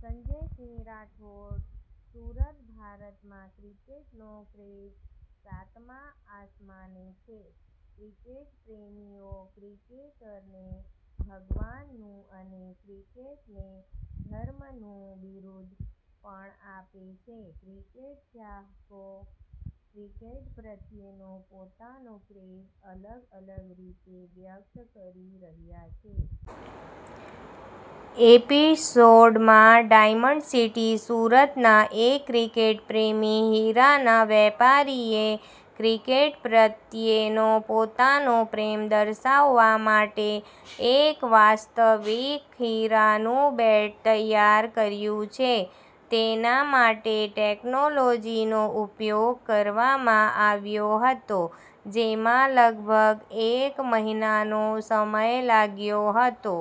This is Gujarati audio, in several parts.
સંજયસિંહ રાઠોડ. સુરતઃ ભારતમાં ક્રિકેટનો ક્રેઝ સાતમા આસમાને છે. ક્રિકેટ પ્રેમીઓ ક્રિકેટરને ભગવાનનું અને ક્રિકેટને ધર્મનું બિરુદ પણ આપે છે. ક્રિકેટ ચાહકો ક્રિકેટ પ્રત્યેનો પોતાનો ક્રેઝ અલગ અલગ રીતે વ્યક્ત કરી રહ્યા છે. એપિસોડમાં ડાયમંડ સિટી સુરતના એક ક્રિકેટ પ્રેમી હીરાના વેપારીએ ક્રિકેટ પ્રત્યેનો પોતાનો પ્રેમ દર્શાવવા માટે એક વાસ્તવિક હીરાનું બેટ તૈયાર કર્યું છે. તેના માટે ટેક્નોલોજીનો ઉપયોગ કરવામાં આવ્યો હતો, જેમાં લગભગ એક મહિનાનો સમય લાગ્યો હતો.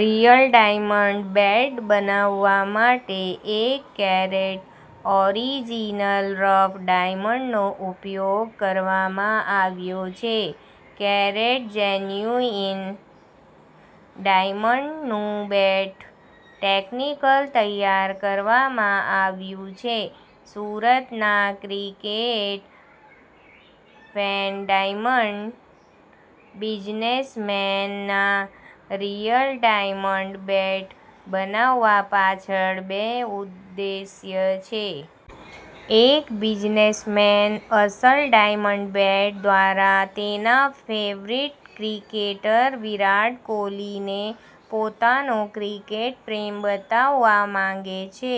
રિયલ ડાયમંડ બેટ બનાવવા માટે એક કેરેટ ઓરિજિનલ રફ ડાયમંડનો ઉપયોગ કરવામાં આવ્યો છે. કેરેટ જેન્યુઈન ડાયમંડનુંબેટ ટેકનિકલ તૈયાર કરવામાં આવ્યું છે. સુરતના ક્રિકેટ ફેન ડાયમંડ બિઝનેસમેનના રિયલ ડાયમંડ બેટ બનાવવા પાછળ બે ઉદ્દેશ્ય છે. એક બિઝનેસમેનઅસલ ડાયમંડ બેટ દ્વારા તેના ફેવરિટ ક્રિકેટર વિરાટ કોહલીને પોતાનો ક્રિકેટ પ્રેમ બતાવવા માંગે છે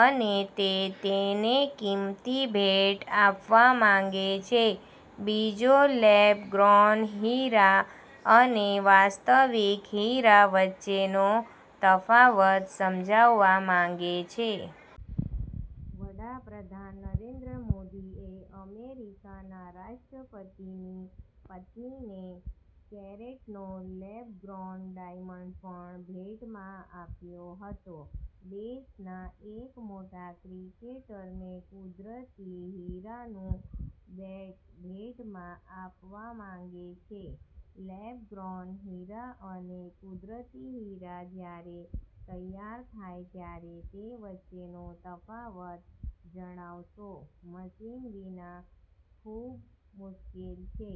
અને તે તેનેકિંમતી ભેટ આપવા માંગે છે. બીજો લેબગ્રોન હીરા અને વાસ્તવિક હીરા વચ્ચેનો તફાવત સમજાવવા માંગે છે. વડાપ્રધાન નરેન્દ્ર મોદીએ અમેરિકાના રાષ્ટ્રપતિની પત્નીને કેરેટનો લેબગ્રોન ડાયમંડ પણ ભેટમાં આપ્યો હતો. દેશના એક મોટા ક્રિકેટરને કુદરતી હીરાનું બેટ ભેટમાં આપવા માગે છે. લેબગ્રોન હીરા અને કુદરતી હીરા જ્યારે તૈયાર થાય ત્યારે તે વચ્ચેનો તફાવત જણાવવો મશીન વિના ખૂબમુશ્કેલ છે.